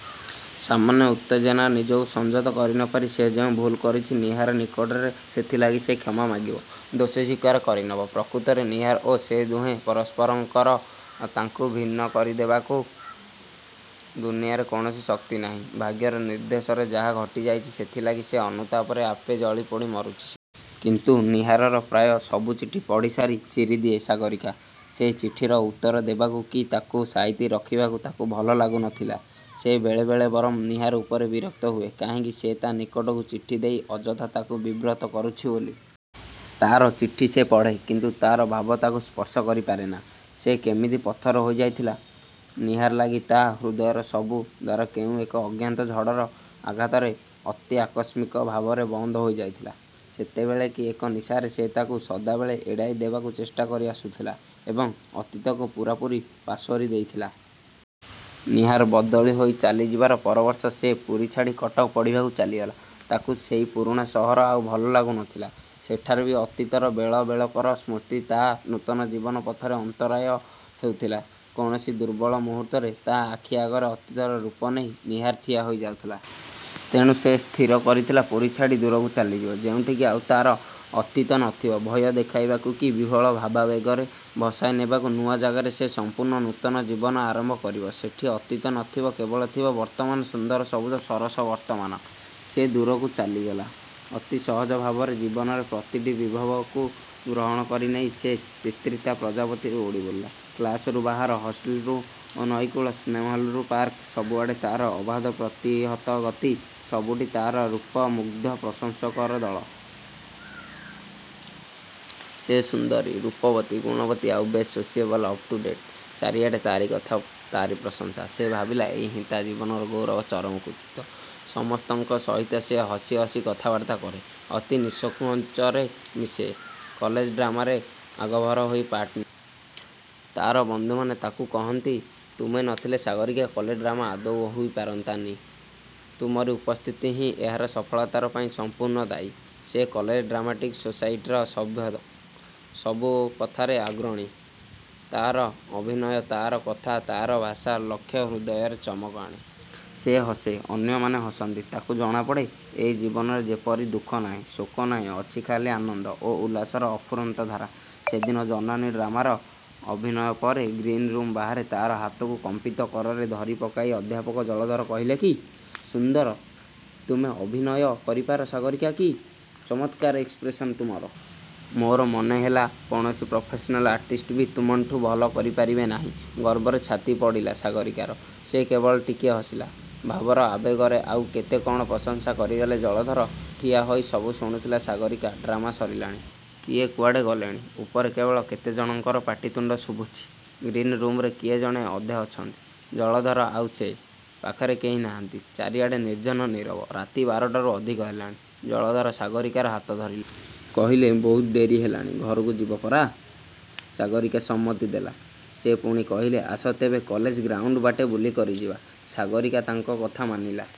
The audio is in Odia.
ସମାନ୍ୟ ଉତ୍ତେଜନାରେ ନିଜକୁ ସଂଯତ କରିନପାରି ସେ ଯେଉଁ ଭୁଲ୍ କରିଛି–ନୀହାର ନିକଟରେ ସେଥିଲାଗି ସେ କ୍ଷମା ମାଗିବ। ଦୋଷ ସ୍ୱୀକାର କରିନେବ। ପ୍ରକୃତରେ ନୀହାର ଓ ସେ ଦୁହେଁ ପରସ୍ପରଙ୍କର। ତାଙ୍କୁ ଭିନ୍ନ କରିଦେବାକୁ ଦୁନିଆରେ କୌଣସି ଶକ୍ତି ନାହିଁ। ଭାଗ୍ୟର ନିର୍ଦ୍ଦେଶରେ ଯାହା ଘଟିଯାଇଛି ସେଥିଲାଗି ସେ ଅନୁତାପରେ ଆପେ ଜଳି ପୋଡ଼ି ମରୁଛି ସିନା! କିନ୍ତୁ ନୀହାରର ପ୍ରାୟ ସବୁ ଚିଠି ପଢ଼ିସାରି ଚିରିଦିଏ ସାଗରୀକା। ସେ ଚିଠିର ଉତ୍ତର ଦେବାକୁ କି ତାକୁ ସାଇତି ରଖିବାକୁ ତାକୁ ଭଲ ଲାଗୁ ନଥିଲା। ସେ ବେଳେ ବେଳେ ବରଂ ନୀହାର ଉପରେ ବିରକ୍ତ ହୁଏ କାହିଁକି ସେ ତା' ନିକଟକୁ ଚିଠିଦେଇ ଅଯଥା ତାକୁ ବିବ୍ରତ କରୁଛି ବୋଲି। ତା'ର ଚିଠି ସେ ପଢ଼େ, କିନ୍ତୁ ତା'ର ଭାବ ତାକୁ ସ୍ପର୍ଶ କରିପାରେନା। ସେ କେମିତି ପଥର ହୋଇଯାଇଥିଲା–ନୀହାର ଲାଗି ତା' ହୃଦୟର ସବୁ ଦ୍ୱାର କେଉଁ ଏକ ଅଜ୍ଞାତ ଝଡ଼ର। ଆଘାତରେ, ଅତି ଆକସ୍ମିକ ଭାବରେ ବନ୍ଦ ହୋଇଯାଇଥିଲା। ସେତେବେଳେ କି ଏକ ନିଶାରେ ସେ ତାକୁ ସଦାବେଳେ ଏଡ଼ାଇ ଦେବାକୁ ଚେଷ୍ଟା କରି ଆସୁଥିଲା; ଏବଂ ଅତୀତକୁ ପୂରାପୂରି ପାସୋରି ଦେଇଥିଲା। ନୀହାର ବଦଳି ହୋଇ ଚାଲି ଯିବାର ପରବର୍ଷ ସେ ପୁରୀ ଛାଡ଼ି କଟକ ପଢ଼ିବାକୁ ଚାଲିଗଲା। ତାକୁ ସେଇ ପୁରୁଣା ସହର ଆଉ ଭଲ ଲାଗୁ ନଥିଲା; ସେଠାରେ ବି ଅତୀତର ବେଳ ବେଳକର ସ୍ମୃତି ତା' ନୂତନ ଜୀବନ ପଥରେ ଅନ୍ତରାୟ ହେଉଥିଲା। କୌଣସି ଦୁର୍ବଳ ମୁହୂର୍ତ୍ତରେ ତା' ଆଖି ଆଗରେ ଅତୀତର ରୂପ ନେଇ ନୀହାର ଠିଆହୋଇ ଯାଉଥିଲା। ତେଣୁ ସେ ସ୍ଥିର କରିଥିଲା ପୁରୀ ଛାଡ଼ି ଦୂରକୁ ଚାଲିଯିବ। ଯେଉଁଠି କି ଆଉ ତା'ର ଅତୀତ ନଥିବ; ଭୟ ଦେଖାଇବାକୁ କି ବିହ୍ୱଳ-ଭାବାବେଗରେ ଭସାଇ ନେବାକୁ। ନୂଆ ଜାଗାରେ ସେ ସମ୍ପୂର୍ଣ୍ଣ ନୂତନ ଜୀବନ ଆରମ୍ଭ କରିବ–ସେଠି ଅତୀତ ନଥିବ କେବଳ ଥିବ ବର୍ତ୍ତମାନ, ସୁନ୍ଦର ସବୁଜ ସରସ ବର୍ତ୍ତମାନ। ସେ ଦୂରକୁ ଚାଲିଗଲା। ଅତି ସହଜ ଭାବରେ ଜୀବନରେ ପ୍ରତିଟି ବିଭବକୁ ଗ୍ରହଣ କରିନେଇ ସେ ଚିତ୍ରିତା ପ୍ରଜାପତି ପରି ଉଡ଼ି ବୁଲିଲା। କ୍ଲାସରୁ ବାହାର, ହଷ୍ଟେଲ୍ରୁ ନଈକୂଳ, ସିନେମା ହଲ୍ରୁ ପାର୍କ, ସବୁଆଡ଼େ ତା'ର ଅବାଧ ଅପ୍ରତିହତ ଗତି। ସବୁଠି ତା'ର ରୂପ ମୁଗ୍ଧ ପ୍ରଶଂସକର ଦଳ। ସେ ସୁନ୍ଦରୀ, ରୂପବତୀ, ଗୁଣବତୀ ଆଉ ବେଶ୍ ସୋସିଏବଲ୍, ଅପ୍-ଟୁ-ଡେଟ୍। ଚାରିଆଡ଼େ ତାରି କଥା; ତାରି ପ୍ରଶଂସା। ସେ ଭାବିଲା ଏଇ ହିଁ ତା'ର ଜୀବନର ଗୌରବ; ଚରମ କୃତିତ୍ୱ। ସମସ୍ତଙ୍କ ସହିତ ସେ ହସି ହସି କଥାବାର୍ତ୍ତା କରେ; ଅତି ନିଃସଙ୍କୋଚରେ ମିଶେ। କଲେଜ ଡ୍ରାମାରେ ଆଗଭର ହୋଇ ପାର୍ଟ ନିଏ। ତା'ର ବନ୍ଧୁମାନେ ତାକୁ କହନ୍ତି–''ତୁମେ ନଥିଲେ ସାଗରୀକା–କଲେଜ ଡ୍ରାମା ଆଦୌ ହୋଇପାରନ୍ତାନି। ତୁମରି ଉପସ୍ଥିତି ହିଁ ଏହାର ସଫଳତା ପାଇଁ ସମ୍ପୂର୍ଣ୍ଣ ଦାୟୀ। '' ସେ କଲେଜ ଡ୍ରାମାଟିକ-ସୋସାଇଟିର ସଭ୍ୟ। ସବୁ କଥାରେ ଅଗ୍ରଣୀ। ତା'ର ଅଭିନୟ, ତା'ର କଥା, ତା'ର ଭାଷା, ଲକ୍ଷ-ହୃଦୟରେ ଚମକ ଆଣେ। ସେ ହସେ; ଅନ୍ୟମାନେ ହସନ୍ତି। ତାକୁ ଜଣାପଡ଼େ, ଏ ଜୀବନରେ ଯେପରି ଦୁଃଖ ନାହିଁ; ଶୋକ ନାହିଁ ଅଛି ଖାଲି ଆନନ୍ଦ ଓ ଉଲ୍ଲାସର ଅଫୁରନ୍ତ ଧାରା। ସେଦିନ 'ଜନନୀ' ଡ୍ରାମାର ଅଭିନୟ ପରେ ଗ୍ରୀନରୁମ୍ ବାହାରେ ତା'ର ହାତକୁ କମ୍ପିତ କରରେ ଧରି ପକାଇ ଅଧ୍ୟାପକ ଜଳଧର କହିଲେ–''କି ସୁନ୍ଦର ତୁମେ ଅଭିନୟ କରିପାର ସାଗରୀକା–କି ଚମତ୍କାର ଏକ୍ସପ୍ରେସନ୍ ତୁମର। ମୋର ମନେହେଲା କୌଣସି ପ୍ରଫେସନାଲ୍ ଆର୍ଟିଷ୍ଟ ବି ତୁମଠୁଁ ଭଲ କରି ପାରିବେ ନାହିଁ। '' ଗର୍ବରେ ଛାତିଫାଟି ପଡ଼ିଲା ସାଗରୀକାର। ସେ କେବଳ ଟିକିଏ ହସିଲା। ଭାବର ଆବେଗରେ ଆଉ କେତେ କ'ଣ ପ୍ରଶଂସା କରିଗଲେ ଜଳଧର। ଠିଆହୋଇ ସବୁ ଶୁଣୁଥିଲା ସାଗରୀକା। ଡ୍ରାମା ସରିଲାଣି। କିଏ କୁଆଡ଼େ ଗଲେଣି। ଉପରେ କେବଳ କେତେ ଜଣଙ୍କର ପାଟି ତୁଣ୍ଡ ଶୁଭୁଛି। ଗ୍ରୀନ୍ ରୁମରେ କିଏ ଜଣେ ଅଧେ ଅଛନ୍ତି। ଜଳଧର ଆଉ ସେ। ପାଖରେ କେହି ନାହାନ୍ତି। ଚାରିଆଡ଼ ନିର୍ଜନ, ନୀରବ। ରାତି ବାରଟାରୁ ଅଧିକ ହେଲାଣି। ଜଳଧର ସାଗରୀକାର ହାତ ଧରିଲେ। କହିଲେ–ବହୁତ ଡେରି ହେଲାଣି–ଘରକୁ ଯିବ ପରା? '' ସାଗରୀକା ସମ୍ମତି ଦେଲା। ସେ ପୁଣି କହିଲେ–''ଆସ ତେବେ–କଲେଜ ଗ୍ରାଉଣ୍ଡ ବାଟେ ବୁଲି କରି ଯିବା। '' ସାଗରୀକା ତାଙ୍କ କଥା ମାନିଲା।